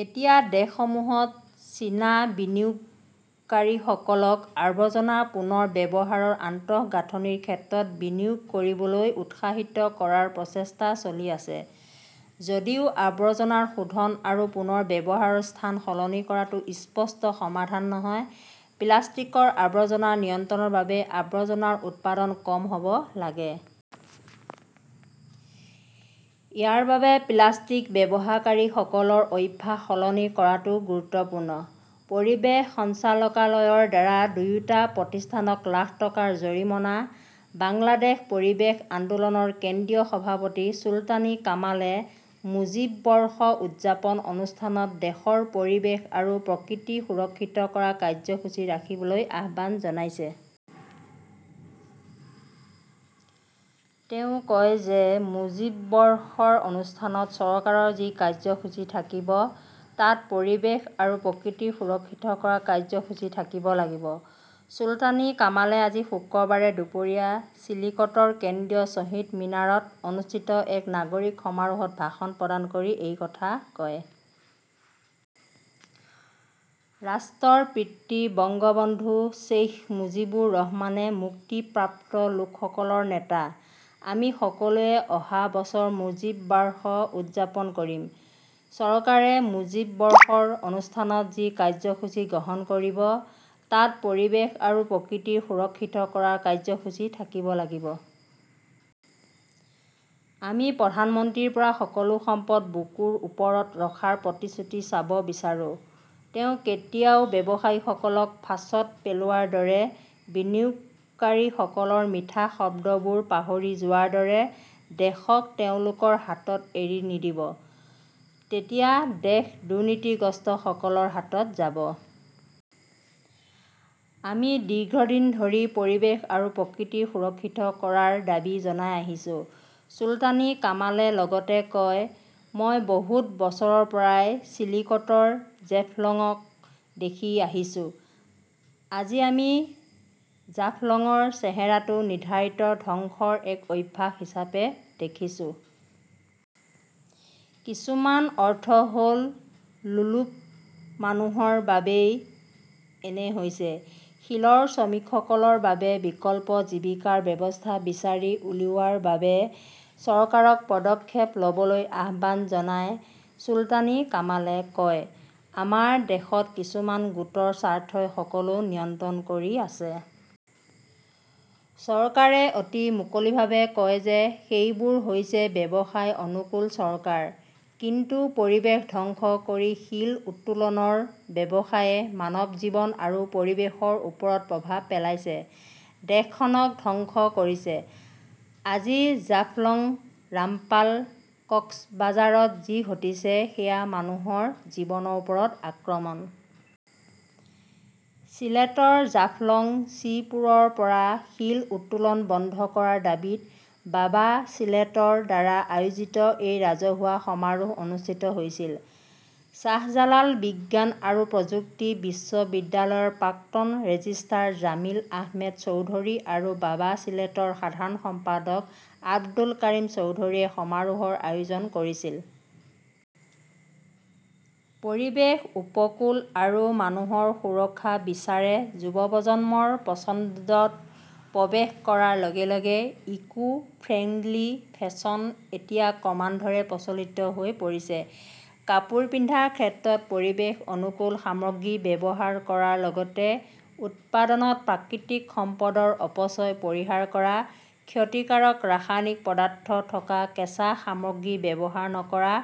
এতিয়া দেশসমূহত চীনা বিনিয়োগকাৰীসকলক আৱৰ্জনা পুনৰ ব্যৱহাৰৰ আন্তঃগাঁথনিৰ ক্ষেত্ৰত বিনিয়োগ কৰিবলৈ উৎসাহিত কৰাৰ প্ৰচেষ্টা চলি আছে। যদিও আৱৰ্জনা শোধন আৰু পুনৰ ব্যৱহাৰৰ স্থান সলনি কৰাটো স্পষ্ট সমাধান নহয়, প্লাষ্টিকৰ আৱৰ্জনা নিয়ন্ত্ৰণৰ বাবে আৱৰ্জনাৰ উৎপাদন কম হ 'ব লাগে। ইয়াৰ বাবে প্লাষ্টিক ব্যৱহাৰকাৰীসকলৰ অভ্যাস সলনি কৰাটোও গুৰুত্বপূৰ্ণ। পৰিৱেশ সঞ্চালকালয়ৰ দ্বাৰা দুয়োটা প্ৰতিষ্ঠানক লাখ টকাৰ জৰিমনা বাংলাদেশ পৰিৱেশ আন্দোলনৰ কেন্দ্ৰীয় সভাপতি চুলতানী কামালে মুজীব বৰ্ষ উদযাপন অনুষ্ঠানত দেশৰ পৰিৱেশ আৰু প্ৰকৃতি সুৰক্ষিত কৰাৰ কাৰ্যসূচী ৰাখিবলৈ আহ্বান জনাইছে। তেওঁ কয় যে মুজীব বৰ্ষৰ অনুষ্ঠানত চৰকাৰৰ যি কাৰ্যসূচী থাকিব, তাত পৰিৱেশ আৰু প্ৰকৃতি সুৰক্ষিত কৰাৰ কাৰ্যসূচী থাকিব লাগিব। চুলতানী কামালে আজি শুক্ৰবাৰে দুপৰীয়া চিলিকটৰ কেন্দ্ৰীয় শ্বহীদ মিনাৰত অনুষ্ঠিত এক নাগৰিক সমাৰোহত ভাষণ প্ৰদান কৰি এই কথা কয়। "ৰাষ্ট্ৰৰ পিতৃ বঙ্গবন্ধু শ্বেইখ মুজিবুৰ ৰহমানে মুক্তিপ্ৰাপ্ত লোকসকলৰ নেতা। আমি সকলোৱে অহা বছৰ মুজীব বাৰ্ষ উদযাপন কৰিম। চৰকাৰে মুজীব বৰ্ষৰ অনুষ্ঠানত যি কাৰ্যসূচী গ্ৰহণ কৰিব, তাত পৰিৱেশ আৰু প্ৰকৃতি সুৰক্ষিত কৰাৰ কাৰ্যসূচী থাকিব লাগিব। আমি প্ৰধানমন্ত্ৰীৰ পৰা সকলো সম্পদ বুকৰ ওপৰত ৰখাৰ প্ৰতিশ্ৰুতি চাব বিচাৰো। তেওঁ কেতিয়াও ব্যৱসায়ীসকলক ফাঁচত পেলোৱাৰ দৰে, বিনিয়োগকাৰীসকলৰ মিঠা শব্দবোৰ পাহৰি যোৱাৰ দৰে, দেশক তেওঁলোকৰ হাতত এৰি নিদিব। তেতিয়া দেশ দুৰ্নীতিগ্ৰস্তসকলৰ হাতত যাব। আমি দীৰ্ঘদিন ধৰি পৰিৱেশ আৰু প্ৰকৃতি সুৰক্ষিত কৰাৰ দাবী জনাই আহিছো, চুলতানী কামালে লগতে কয়। মই বহু বছৰৰ পৰাই চিলিকটৰ জেফলংক দেখি আহিছো। আজি আমি জাফলঙৰ চেহেৰাটো নিৰ্ধাৰিত ধ্বংসৰ এক আভাস হিচাপে দেখিছোঁ। কিছুমান অৰ্থ হ 'ল লোলুপ মানুহৰ বাবেই এনে হৈছে। শিলৰ শ্ৰমিকসকলৰ বাবে বিকল্প জীৱিকাৰ ব্যৱস্থা বিচাৰি উলিওৱাৰ বাবে চৰকাৰক পদক্ষেপ ল'বলৈ আহ্বান জনাই চুলতানী কামালে কয, আমাৰ দেশত কিছুমান গোটৰ স্বাৰ্থই সকলো নিয়ন্ত্ৰণ কৰি আছে। চৰকাৰে অতি মুকলিভাৱে কয় যে সেইবোৰ হৈছে ব্যৱসায়-অনুকূল চৰকাৰ। কিন্তু পৰিৱেশ ধ্বংস কৰি শিল উত্তোলনৰ ব্যৱসায়ে মানৱ জীৱন আৰু পৰিৱেশৰ ওপৰত প্ৰভাৱ পেলাইছে, দেশখনক ধ্বংস কৰিছে। আজি জাফলঙ, ৰামপাল, কক্সবাজাৰত যি ঘটিছে সেয়া মানুহৰ জীৱনৰ ওপৰত আক্ৰমণ। চিলেটৰ জাফলং, শ্ৰীপুৰৰ পৰা শিল উত্তোলন বন্ধ কৰাৰ দাবীত বাবা চিলেটৰ দ্বাৰা আয়োজিত এই ৰাজহুৱা সমাৰোহ অনুষ্ঠিত হৈছিল। শ্বাহজালাল বিজ্ঞান আৰু প্ৰযুক্তি বিশ্ববিদ্যালয়ৰ প্ৰাক্তন ৰেজিষ্ট্ৰাৰ জামিল আহমেদ চৌধুৰী আৰু বাবা চিলেটৰ সাধাৰণ সম্পাদক আব্দুল কাৰিম চৌধুৰীয়ে সমাৰোহৰ আয়োজন কৰিছিল। পৰিৱেশ, উপকূল আৰু মানুহৰ সুৰক্ষা বিচাৰে যুৱ প্ৰজন্মৰ পছন্দত প্ৰৱেশ কৰাৰ লগে লগে 'ইকো-ফ্ৰেণ্ডলি ফেশ্বন "এতিয়া ক্ৰমান্বয়ে প্ৰচলিত হৈ পৰিছে। কাপোৰ পিন্ধাৰ ক্ষেত্ৰত পৰিৱেশ-অনুকূল সামগ্ৰী ব্যৱহাৰ কৰাৰ লগতে উৎপাদনত প্ৰাকৃতিক সম্পদৰ অপচয় পৰিহাৰ কৰা, ক্ষতিকাৰক ৰাসায়নিক পদাৰ্থ থকা কেঁচা সামগ্ৰী ব্যৱহাৰ নকৰা,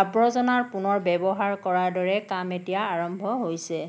আৱৰ্জনা পুনৰ্ব্যৱহাৰ কৰাৰ দৰে কাম এতিয়া আৰম্ভ হৈছে।